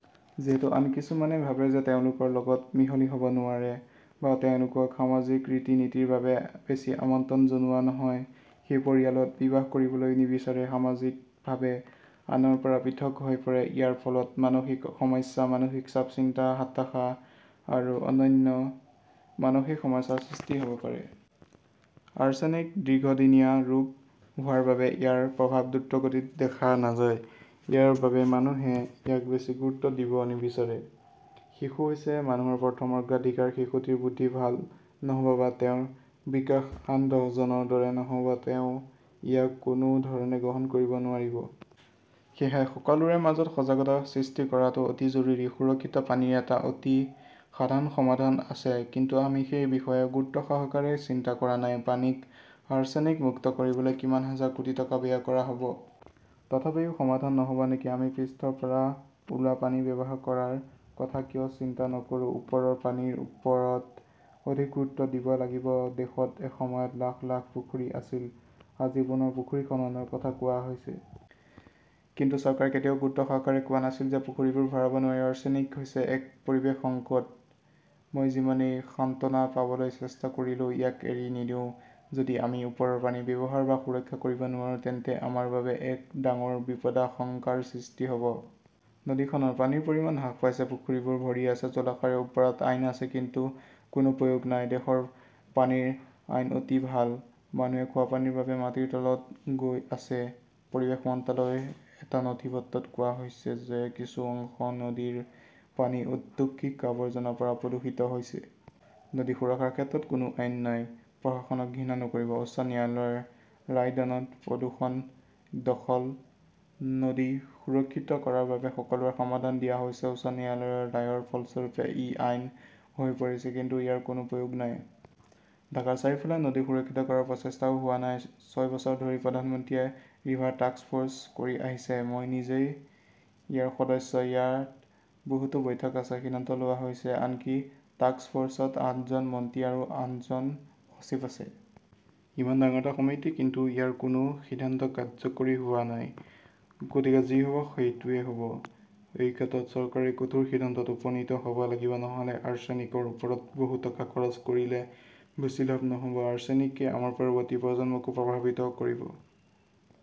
যিহেতু আন কিছুমানে ভাবে যে তেওঁলোকৰ লগত মিহলি হ'ব নোৱাৰে বা তেওঁলোকক সামাজিক ৰীতি-নীতিৰ বাবে বেছি আমন্ত্ৰণ জনোৱা নহয়, সেই পৰিয়ালত বিবাহ কৰিবলৈ নিবিচাৰে, সামাজিকভাৱে আনৰ পৰা পৃথক হৈ পৰে। ইয়াৰ ফলত মানসিক সমস্যা, মানসিক চাপ, চিন্তা, হতাশা আৰু অন্যান্য মানসিক সমস্যাৰ সৃষ্টি হ'ব পাৰে। আৰ্ছেনিক দীৰ্ঘদিনীয়া ৰোগ হোৱাৰ বাবে ইয়াৰ প্ৰভাৱ দ্ৰুতগতিত দেখা নাযায়। ইয়াৰ বাবে মানুহে ইয়াক বেছি গুৰুত্ব দিব নিবিচাৰে। শিশু হৈছে মানুহৰ প্ৰথম অগ্ৰাধিকাৰ। শিশুটিৰ বুদ্ধি ভাল নহ'ব বা তেওঁৰ বিকাশ আন দহজনৰ দৰে নহ'ব, তেওঁ ইয়াক কোনো ধৰণে গ্ৰহণ কৰিব নোৱাৰিব। সেয়েহে সকলোৰে মাজত সজাগতা সৃষ্টি কৰাটো অতি জৰুৰী। সুৰক্ষিত পানীৰ এটা অতি সাধাৰণ সমাধান আছে। কিন্তু আমি সেই বিষয়ে গুৰুত্বসহকাৰে চিন্তা কৰা নাই। পানীক আৰ্ছেনিক মুক্ত কৰিবলৈ কিমান হাজাৰ কোটি টকা ব্যয় কৰা হ'ব? তথাপিও সমাধান নহ'ব নেকি? আমি পৃষ্ঠৰ পৰা ওলোৱা পানী ব্যৱহাৰ কৰাৰ কথা কিয় চিন্তা নকৰোঁ? ওপৰৰ পানীৰ ওপৰত অধিক গুৰুত্ব দিব লাগিব। দেশত এসময়ত লাখ লাখ পুখুৰী আছিল। আজি পুনৰ পুখুৰী খননৰ কথা কোৱা হৈছে। কিন্তু চৰকাৰে কেতিয়াও গুৰুত্বসহকাৰে কোৱা নাছিল যে, পুখুৰীবোৰ ভৰাব নোৱাৰি। আৰ্ছেনিক হৈছে এক পৰিৱেশ সংকট। মই যিমানেই সান্ত্বনা পাবলৈ চেষ্টা কৰিলেও, ইয়াক এৰি নিদিওঁ। যদি আমি ওপৰৰ পানী ব্যৱহাৰ বা সুৰক্ষা কৰিব নোৱাৰোঁ, তেন্তে আমাৰ বাবে এক ডাঙৰ বিপদাশংকাৰ সৃষ্টি হ 'ব। নদীখনৰ পানীৰ পৰিমাণ হ্ৰাস পাইছে, পুখুৰীবোৰ ভৰি আছে, জলাশয়ৰ ওপৰত আইন আছে কিন্তু কোনো প্ৰয়োগ নাই। দেশৰ পানীৰ আইন অতি ভাল। মানুহে খোৱা পানীৰ বাবে মাটিৰ তলত গৈ আছে। পৰিৱেশ মন্ত্ৰালয়ৰ এটা নথিপত্ৰত কোৱা হৈছে যে কিছু অংশ নদীৰ পানী ঔদ্যোগিক আৱৰ্জনাৰ পৰা প্ৰদূষিত হৈছে। নদী সুৰক্ষাৰ ক্ষেত্ৰত কোনো আইন নাই। প্ৰশাসনক ঘৃণা নকৰিব। উচ্চ ন্যায়ালয়ৰ ৰায়দানত প্ৰদূষণ, দখল-নদী সুৰক্ষিত কৰাৰ বাবে সকলোৰে সমাধান দিয়া হৈছে। উচ্চ ন্যায়ালয়ৰ ৰায়ৰ ফলস্বৰূপে ই আইন হৈ পৰিছে। কিন্তু ইয়াৰ কোনো প্ৰয়োগ নাই। ঢাকাৰ চাৰিওফালে নদী সুৰক্ষিত কৰাৰ প্ৰচেষ্টাও হোৱা নাই। ছয় বছৰ ধৰি প্ৰধানমন্ত্ৰীয়ে ৰিভাৰ টাস্কফ'ৰ্চ কৰি আহিছে। মই নিজেই ইয়াৰ সদস্য। ইয়াত বহুতো বৈঠক হৈছে, সিদ্ধান্ত লোৱা হৈছে। আনকি টাস্কফ'ৰ্চত আঠজন মন্ত্ৰী আৰু আঠজন সচিব আছে। ইমান ডাঙৰ এটা সমিতি কিন্তু ইয়াৰ কোনো সিদ্ধান্ত কাৰ্যকৰী হোৱা নাই। গতিকে যি হ'ব সেইটোৱেই হ'ব। এই ক্ষেত্ৰত চৰকাৰেই কঠোৰ সিদ্ধান্তত উপনীত হ'ব লাগিব। নহ'লে আৰ্ছেনিকৰ ওপৰত বহু টকা খৰচ কৰিলে বেছি লাভ নহ'ব। আৰ্ছেনিকে আমাৰ পৰৱৰ্তী প্ৰজন্মকো প্ৰভাৱিত কৰিব।